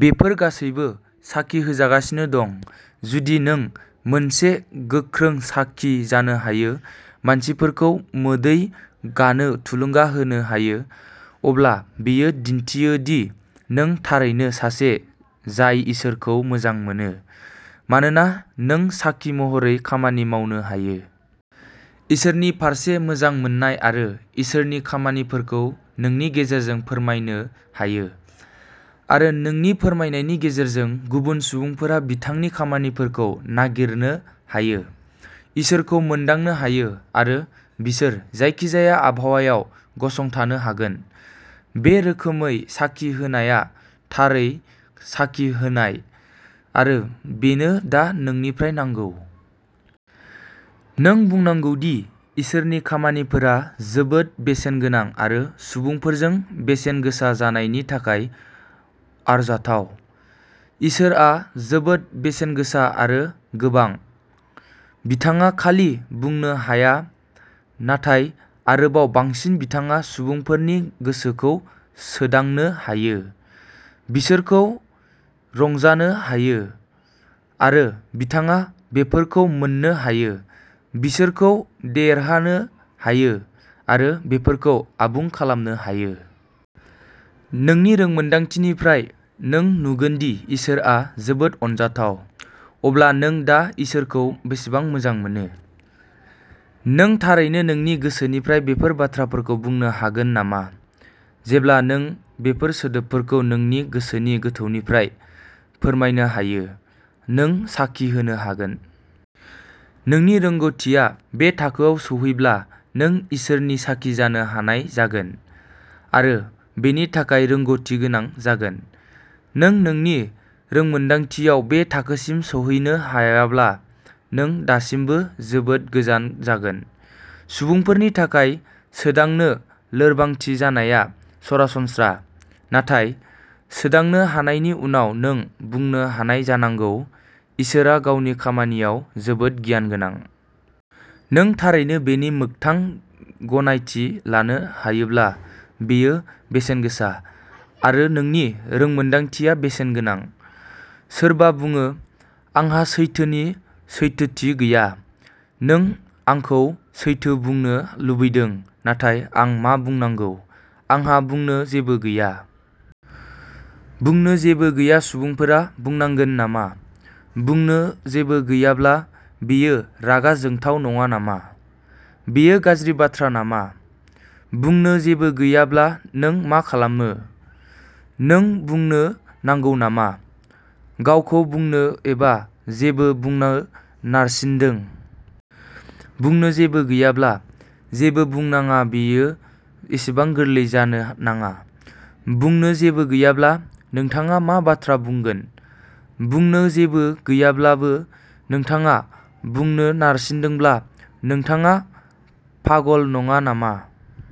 बेफोर गासैबो साखि होजागासिनो दं। जुदि नों मोनसे गोख्रों साखि जानो हायो, मानसिफोरखौ मोदै गानो थुलुंगा होनो हायो, अब्ला बेयो दिन्थियो दि नों थारैनो सासे जाय इसोरखौ मोजां मोनो। मानोना नों साखि महरै खामानि मावनो हायो। इसोरनि फारसे मोजां मोन्नाय आरो इसोरनि खामानिफोरखौ नोंनि गेजेरजों फोरमायनो हायो। आरो नोंनि फोरमायनायनि गेजेरजों, गुबुन सुबुंफोरा बिथांनि खामानिफोरखौ नागिरनो हायो, इसोरखौ मोनदांनो हायो, आरो बिसोर जायखिजाया आबहावायाव गसंथानो हागोन। बे रोखोमै साखि होनाया थारै साखि होनाय, आरो बेनो दा नोंनिफ्राय नांगौ। नों बुंनांगौदि इसोरनि खामानिफोरा जोबोद बेसेनगोनां आरो सुबुंफोरजों बेसेनगोसा जानायनि थाखाय आरजाथाव, इसोरआ जोबोद बेसेनगोसा आरो गोबां, बिथाङा खालि बुंनो हाया, नाथाय आरोबाव बांसिन बिथाङा सुबुंफोरनि गोसोखौ सोदांनो हायो, बिसोरखौ रंजानो हायो, आरो बिथाङा बेफोरखौ मोन्नो हायो, बिसोरखौ देरहानो हायो, आरो बेफोरखौ आबुं खालामनो हायो। नोंनि रोंमोनदांथिनिफ्राय नों नुगोनदि इसोरआ जोबोद अनजाथाव। अब्ला नों दा इसोरखौ बेसेबां मोजां मोनो? नों थारैनो नोंनि गोसोनिफ्राय बेफोर बाथ्राफोरखौ बुंनो हागोन नामा? जेब्ला नों बेफोर सोदोबफोरखौ नोंनि गोसोनि गोथौनिफ्राय फोरमायनो हायो। नों साखि होनो हागोन। नोंनि रोंमोन्दांथिया बे थाखोआव सौहैब्ला नों इसोरनि साखि जानो हानाय जागोन, आरो बेनि थाखाय रोंग'थि गोनां जागोन। नों नोंनि रोंमोन्दांथियाव बे थाखोसिम सौहैनो हायाब्ला, नों दासिमबो जोबोद गोजान जागोन। सुबुंफोरनि थाखाय सोदांनो लोरबांथि जानाया सरासनस्रा, नाथाय सोदांनो हानायनि उनाव नों बुंनो हानाय जानांगौः "इसोरआ गावनि खामानियाव जोबोद गियानगोनां! " नों थारैनो बेनि मोगथां गनायथि लानो हायोब्ला, बेयो बेसेनगोसा, आरो नोंनि रोंमोन्दांथिया बेसेनगोनां। सोरबा बुङोः "आंहा सैथोनि सैथोथि गैया, नों आंखौ सैथो बुंनो लुबैदों, नाथाय आं मा बुंनांगौ? आंहा बुंनो जेबो गैया। " बुंनो जेबो गैयै सुबुंफोरा बुंनांगोन नामा? बुंनो जेबो गैयाब्ला, बेयो रागा जोंथाव नङा नामा? बेयो गाज्रि बाथ्रा नामा? बुंनो जेबो गैयाब्ला नों मा खालामो? नों बुंनो नांगौ नामा? गावखौ बुंनो एबा जेबो बुंनो नारसिनदों? बुंनो जेबो गैयाब्ला, जेबो बुंनाङा-बेयो एसेबां गोरलै जानो नाङा! बुंनो जेबो गैयाब्ला, नोंथाङा मा बाथ्रा बुंगोन? बुंनो जेबो गैयाब्लाबो, नोंथाङा बुंनो नारसिनदोंब्ला, नोंथाङा पागल नङा नामा?